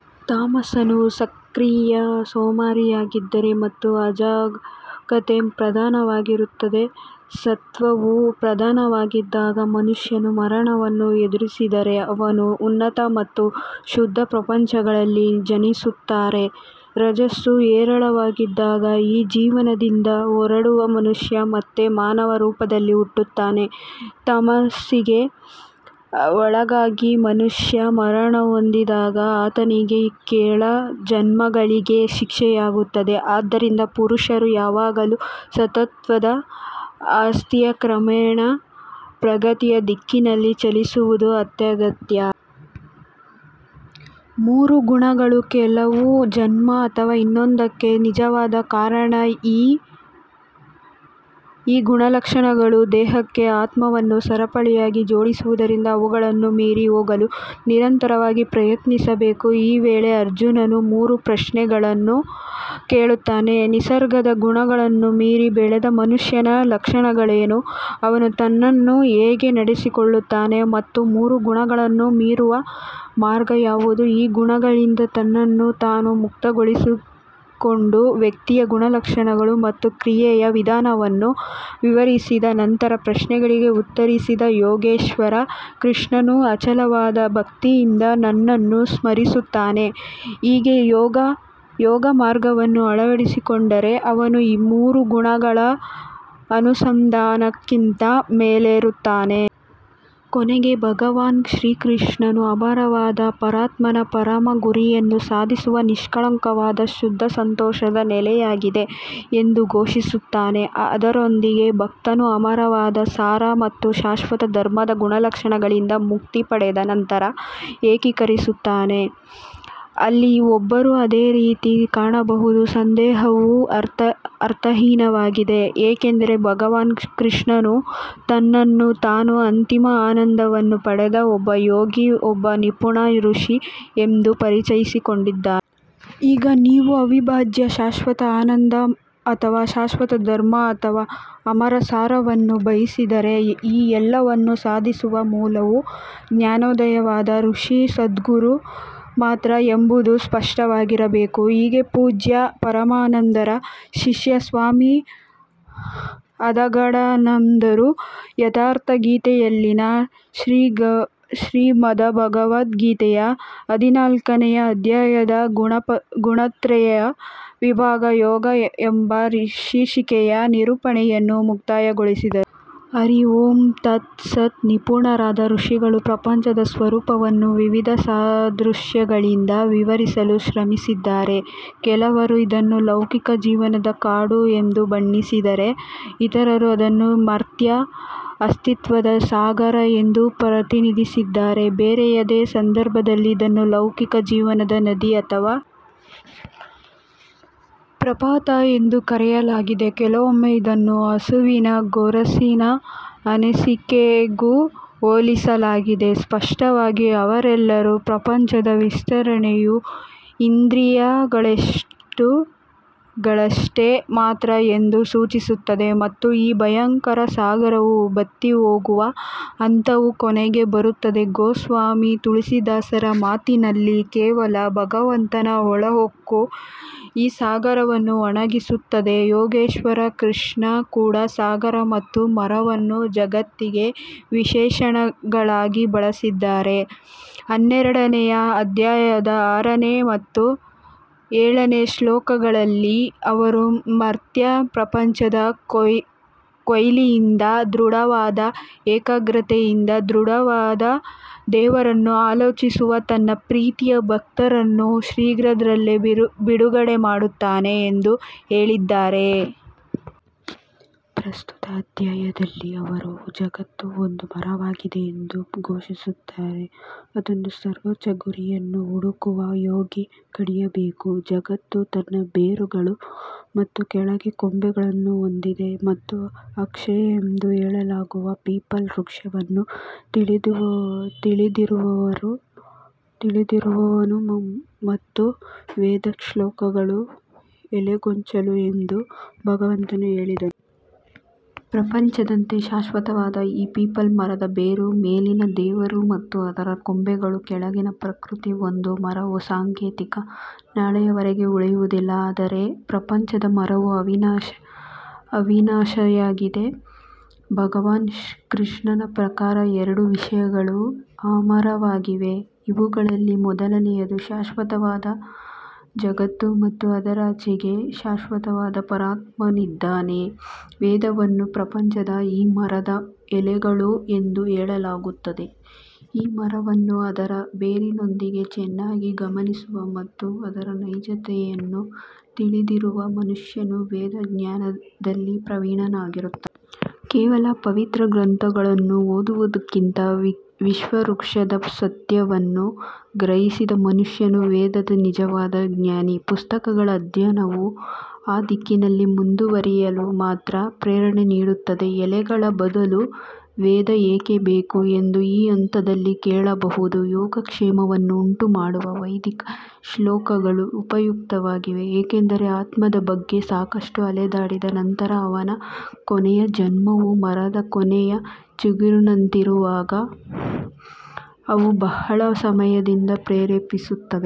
ತಾಮಸವು ಸಕ್ರಿಯ ಸೋಮಾರಿಯಾಗಿದ್ದರೆ ಮತ್ತು ಅಜಾಗರೂಕತೆ ಪ್ರಧಾನವಾಗಿರುತ್ತದೆ ಸತ್ವವು ಪ್ರಧಾನವಾಗಿದ್ದಾಗ ಮನುಷ್ಯನು ಮರಣವನ್ನು ಎದುರಿಸಿದರೆ ಅವನು ಉನ್ನತ ಮತ್ತು ಶುದ್ಧ ಪ್ರಪಂಚಗಳಲ್ಲಿ ಜನಿಸುತ್ತಾನೆ ರಜಸ್ಸು ಹೇರಳವಾಗಿದ್ದಾಗ ಈ ಜೀವನದಿಂದ ಹೊರಡುವ ಮನುಷ್ಯ ಮತ್ತೆ ಮಾನವ ರೂಪದಲ್ಲಿ ಹುಟ್ಟುತ್ತಾನೆ. ತಮಸ್ಸಿಗೆ ಒಳಗಾಗಿ ಮನುಷ್ಯ ಮರಣಹೊಂದಿದಾಗ ಆತನಿಗೆ ಕೆಳ ಜನ್ಮಗಳಿಗೆ ಶಿಕ್ಷೆಯಾಗುತ್ತದೆ ಆದ್ದರಿಂದ ಪುರುಷರು ಯಾವಾಗಲೂ ಸತ್ತ್ವದ ಆಸ್ತಿಯ ಕ್ರಮೇಣ ಪ್ರಗತಿಯ ದಿಕ್ಕಿನಲ್ಲಿ ಚಲಿಸುವುದು ಅತ್ಯಗತ್ಯ. ಮೂರು ಗುಣಗಳು ಕೆಲವು ಜನ್ಮ ಅಥವಾ ಇನ್ನೊಂದಕ್ಕೆ ನಿಜವಾದ ಕಾರಣ ಈ ಗುಣಲಕ್ಷಣಗಳು ದೇಹಕ್ಕೆ ಆತ್ಮವನ್ನು ಸರಪಳಿಯಾಗಿ ಜೋಡಿಸುವುದರಿಂದ ಅವುಗಳನ್ನು ಮೀರಿ ಹೋಗಲು ನಿರಂತರವಾಗಿ ಪ್ರಯತ್ನಿಸಬೇಕು ಈ ವೇಳೆ ಅರ್ಜುನನು ಮೂರು ಪ್ರಶ್ನೆಗಳನ್ನು ಕೇಳುತ್ತಾನೆ ನಿಸರ್ಗದ ಗುಣಗಳನ್ನು ಮೀರಿ ಬೆಳೆದ ಮನುಷ್ಯನ ಲಕ್ಷಣಗಳೇನು ಅವನು ತನ್ನನ್ನು ಹೇಗೆ ನಡೆಸಿಕೊಳ್ಳುತ್ತಾನೆ ಮತ್ತು ಮೂರು ಗುಣಗಳನ್ನು ಮೀರುವ ಮಾರ್ಗ ಯಾವುದು ಈ ಗುಣಗಳಿಂದ ತನ್ನನ್ನು ತಾನು ಮುಕ್ತಗೊಳಿಸಿಕೊಂಡ ವ್ಯಕ್ತಿಯ ಗುಣಲಕ್ಷಣಗಳು ಮತ್ತು ಕ್ರಿಯೆಯ ವಿಧಾನವನ್ನು ವಿವರಿಸಿದ ನಂತರ ಪ್ರಶ್ನೆಗಳಿಗೆ ಉತ್ತರಿಸಿದ ಯೋಗೇಶ್ವರ ಕೃಷ್ಣನು ಅಚಲವಾದ ಭಕ್ತಿಯಿಂದ ನನ್ನನ್ನು ಸ್ಮರಿಸುತ್ತಾನೆ ಹೀಗೆ ಯೋಗಮಾರ್ಗವನ್ನು ಅಳವಡಿಸಿಕೊಂಡರೆ ಅವನು ಮೂರು ಗುಣಗಳ ಅನುಸಂಧಾನಕ್ಕಿಂತ ಮೇಲೇರುತ್ತಾನೆ. ಕೊನೆಗೆ ಭಗವಾನ್ ಶ್ರೀಕೃಷ್ಣನು ಅಮರವಾದ ಪರಮಾತ್ಮನ ಪರಮ ಗುರಿಯನ್ನು ಸಾಧಿಸುವ ನಿಷ್ಕಳಂಕವಾದ ಶುದ್ಧ ಸಂತೋಷದ ನೆಲೆಯಾಗಿದೆ ಎಂದು ಘೋಷಿಸುತ್ತಾನೆ ಅದರೊಂದಿಗೆ ಭಕ್ತನು ಅಮರವಾದ ಸಾರ ಮತ್ತು ಶಾಶ್ವತ ಧರ್ಮದ ಗುಣಲಕ್ಷಣಗಳಿಂದ ಮುಕ್ತಿ ಪಡೆದ ನಂತರ ಏಕೀಕರಿಸುತ್ತಾನೆ. ಅಲ್ಲಿ ಒಬ್ಬರು ಅದೇ ರೀತಿ ಕಾಣಬಹುದು ಸಂದೇಹವು ಅರ್ಥಹೀನವಾಗಿದೆ ಏಕೆಂದರೆ ಭಗವಾನ್ ಕೃಷ್ಣನು ತನ್ನನ್ನು ತಾನು ಅಂತಿಮ ಆನಂದವನ್ನು ಪಡೆದ ಒಬ್ಬ ಯೋಗಿ ಒಬ್ಬ ನಿಪುಣ ಋಷಿ ಎಂದು ಪರಿಚಯಿಸಿಕೊಂಡಿದ್ದಾನೆ. ಈಗ ನೀವು ಅವಿಭಾಜ್ಯ ಶಾಶ್ವತ ಆನಂದ ಅಥವಾ ಶಾಶ್ವತ ಧರ್ಮ ಅಥವಾ ಅಮರ ಸಾರವನ್ನು ಬಯಸಿದರೆ ಈ ಎಲ್ಲವನ್ನು ಸಾಧಿಸುವ ಮೂಲವು ಜ್ಞಾನೋದಯವಾದ ಋಷಿ ಸದ್ಗುರು ಮಾತ್ರ ಎಂಬುದು ಸ್ಪಷ್ಟವಾಗಿರಬೇಕು. ಹೀಗೆ ಪೂಜ್ಯ ಪರಮಾನಂದರ ಶಿಷ್ಯ ಸ್ವಾಮಿ ಅದ್ಗಡಾನಂದರು ಯಥಾರ್ಥಗೀತೆಯಲ್ಲಿನ ಶ್ರೀಮದ್ಭಗವದ್ಗೀತೆಯ ಹದಿನಾಲ್ಕನೆಯ ಅಧ್ಯಾಯದ ಗುಣತ್ರಯ ವಿಭಾಗ ಯೋಗ ಎಂಬ ಶೀರ್ಷಿಕೆಯ ನಿರೂಪಣೆಯನ್ನು ಮುಕ್ತಾಯಗೊಳಿಸಿದರು. ಹರಿ ಓಂ ತತ್ ಸತ್. ನಿಪುಣರಾದ ಋಷಿಗಳು ಪ್ರಪಂಚದ ಸ್ವರೂಪವನ್ನು ವಿವಿಧ ಸಾದೃಶ್ಯಗಳಿಂದ ವಿವರಿಸಲು ಶ್ರಮಿಸಿದ್ದಾರೆ ಕೆಲವರು ಇದನ್ನು ಲೌಕಿಕ ಜೀವನದ ಕಾಡು ಎಂದು ಬಣ್ಣಿಸಿದರೆ ಇತರರು ಅದನ್ನು ಮರ್ತ್ಯ ಅಸ್ತಿತ್ವದ ಸಾಗರ ಎಂದು ಪ್ರತಿನಿಧಿಸಿದ್ದಾರೆ ಬೇರೆಯದೇ ಸಂದರ್ಭದಲ್ಲಿ ಇದನ್ನು ಲೌಕಿಕ ಜೀವನದ ನದಿ ಅಥವಾ ಪ್ರಪಾತ ಎಂದು ಕರೆಯಲಾಗಿದೆ ಕೆಲವೊಮ್ಮೆ ಇದನ್ನು ಹಸುವಿನ ಗೊರಸಿನ ಅನಿಸಿಕೆಗೂ ಹೋಲಿಸಲಾಗಿದೆ ಸ್ಪಷ್ಟವಾಗಿ ಅವರೆಲ್ಲರೂ ಪ್ರಪಂಚದ ವಿಸ್ತರಣೆಯು ಇಂದ್ರಿಯಗಳಷ್ಟೇ ಮಾತ್ರ ಎಂದು ಸೂಚಿಸುತ್ತದೆ ಮತ್ತು ಈ ಭಯಂಕರ ಸಾಗರವೂ ಬತ್ತಿಹೋಗುವ ಹಂತವು ಕೊನೆಗೆ ಬರುತ್ತದೆ ಗೋಸ್ವಾಮಿ ತುಳಸಿದಾಸರ ಮಾತಿನಲ್ಲಿ ಕೇವಲ ಭಗವಂತನ ಒಳಹೊಕ್ಕು ಈ ಸಾಗರವನ್ನು ಒಣಗಿಸುತ್ತದೆ ಯೋಗೇಶ್ವರ ಕೃಷ್ಣ ಕೂಡ ಸಾಗರ ಮತ್ತು ಮರವನ್ನು ಜಗತ್ತಿಗೆ ವಿಶೇಷಣಗಳಾಗಿ ಬಳಸಿದ್ದಾರೆ ಹನ್ನೆರಡನೆಯ ಅಧ್ಯಾಯದ ಆರನೇ ಮತ್ತು ಏಳನೇ ಶ್ಲೋಕಗಳಲ್ಲಿ ಅವರು ಮರ್ತ್ಯ ಪ್ರಪಂಚದ ಕೊಲ್ಲಿಯಿಂದ ದೃಢವಾದ ಏಕಾಗ್ರತೆಯಿಂದ ದೃಢವಾದ ದೇವರನ್ನು ಆಲೋಚಿಸುವ ತನ್ನ ಪ್ರೀತಿಯ ಭಕ್ತರನ್ನು ಶೀಘ್ರದಲ್ಲೇ ಬಿಡುಗಡೆ ಮಾಡುತ್ತಾನೆ ಎಂದು ಹೇಳಿದ್ದಾರೆ. ಪ್ರಸ್ತುತ ಅಧ್ಯಾಯದಲ್ಲಿ ಅವರು ಜಗತ್ತು ಒಂದು ಮರವಾಗಿದೆ ಎಂದು ಘೋಷಿಸುತ್ತಾರೆ ಅದನ್ನು ಸರ್ವೋಚ್ಚ ಗುರಿಯನ್ನು ಹುಡುಕುವ ಯೋಗಿ ಕಡಿಯಬೇಕು. ಜಗತ್ತು ತನ್ನ ಬೇರುಗಳು ಮತ್ತು ಕೆಳಗೆ ಕೊಂಬೆಗಳನ್ನು ಹೊಂದಿದೆ ಮತ್ತು ಅಕ್ಷಯ ಎಂದು ಹೇಳಲಾಗುವ ಪೀಪಲ್ ವೃಕ್ಷವನ್ನು ತಿಳಿದಿರುವವನು ಮತ್ತು ವೇದ ಶ್ಲೋಕಗಳು ಎಲೆಗೊಂಚಲು ಎಂದು ಭಗವಂತನು ಹೇಳಿದನು. ಪ್ರಪಂಚದಂತೆ ಶಾಶ್ವತವಾದ ಈ ಪೀಪಲ್ ಮರದ ಬೇರು ಮೇಲಿನ ದೇವರು ಮತ್ತು ಅದರ ಕೊಂಬೆಗಳು ಕೆಳಗಿನ ಪ್ರಕೃತಿ ಒಂದು ಮರವು ಸಾಂಕೇತಿಕ ನಾಳೆಯವರೆಗೆ ಉಳಿಯುವುದಿಲ್ಲ ಆದರೆ ಪ್ರಪಂಚದ ಮರವು ಅವಿನಾಶಿಯಾಗಿದೆ ಭಗವಾನ್ ಕೃಷ್ಣನ ಪ್ರಕಾರ ಎರಡು ವಿಷಯಗಳು ಅಮರವಾಗಿವೆ ಇವುಗಳಲ್ಲಿ ಮೊದಲನೆಯದು ಶಾಶ್ವತವಾದ ಜಗತ್ತು ಮತ್ತು ಅದರಾಚೆಗೆ ಶಾಶ್ವತವಾದ ಪರಮಾತ್ಮನಿದ್ದಾನೆ ವೇದವನ್ನು ಪ್ರಪಂಚದ ಈ ಮರದ ಎಲೆಗಳು ಎಂದು ಹೇಳಲಾಗುತ್ತದೆ ಈ ಮರವನ್ನು ಅದರ ಬೇರಿನೊಂದಿಗೆ ಚೆನ್ನಾಗಿ ಗಮನಿಸುವ ಮತ್ತು ಅದರ ನೈಜತೆಯನ್ನು ತಿಳಿದಿರುವ ಮನುಷ್ಯನು ವೇದ ಜ್ಞಾನದಲ್ಲಿ ಪ್ರವೀಣನಾಗಿರುತ್ತಾನೆ. ಕೇವಲ ಪವಿತ್ರ ಗ್ರಂಥಗಳನ್ನು ಓದುವುದಕ್ಕಿಂತ ವಿಶ್ವವೃಕ್ಷದ ಸತ್ಯವನ್ನು ಗ್ರಹಿಸಿದ ಮನುಷ್ಯನು ವೇದದ ನಿಜವಾದ ಜ್ಞಾನಿ. ಪುಸ್ತಕಗಳ ಅಧ್ಯಯನವು ಆ ದಿಕ್ಕಿನಲ್ಲಿ ಮುಂದುವರಿಯಲು ಮಾತ್ರ ಪ್ರೇರಣೆ ನೀಡುತ್ತದೆ ಎಲೆಗಳ ಬದಲು ವೇದ ಏಕೆ ಬೇಕು ಎಂದು ಈ ಹಂತದಲ್ಲಿ ಕೇಳಬಹುದು ಯೋಗಕ್ಷೇಮವನ್ನು ಉಂಟುಮಾಡುವ ವೈದಿಕ ಶ್ಲೋಕಗಳು ಉಪಯುಕ್ತವಾಗಿವೆ ಏಕೆಂದರೆ ಆತ್ಮದ ಬಗ್ಗೆ ಸಾಕಷ್ಟು ಅಲೆದಾಡಿದ ನಂತರ ಅವನ ಕೊನೆಯ ಜನ್ಮವು ಮರದ ಕೊನೆಯ ಚಿಗುರಿನಂತಿರುವಾಗ ಅವು ಬಹಳ ಸಮಯದಿಂದ ಪ್ರೇರೇಪಿಸುತ್ತವೆ.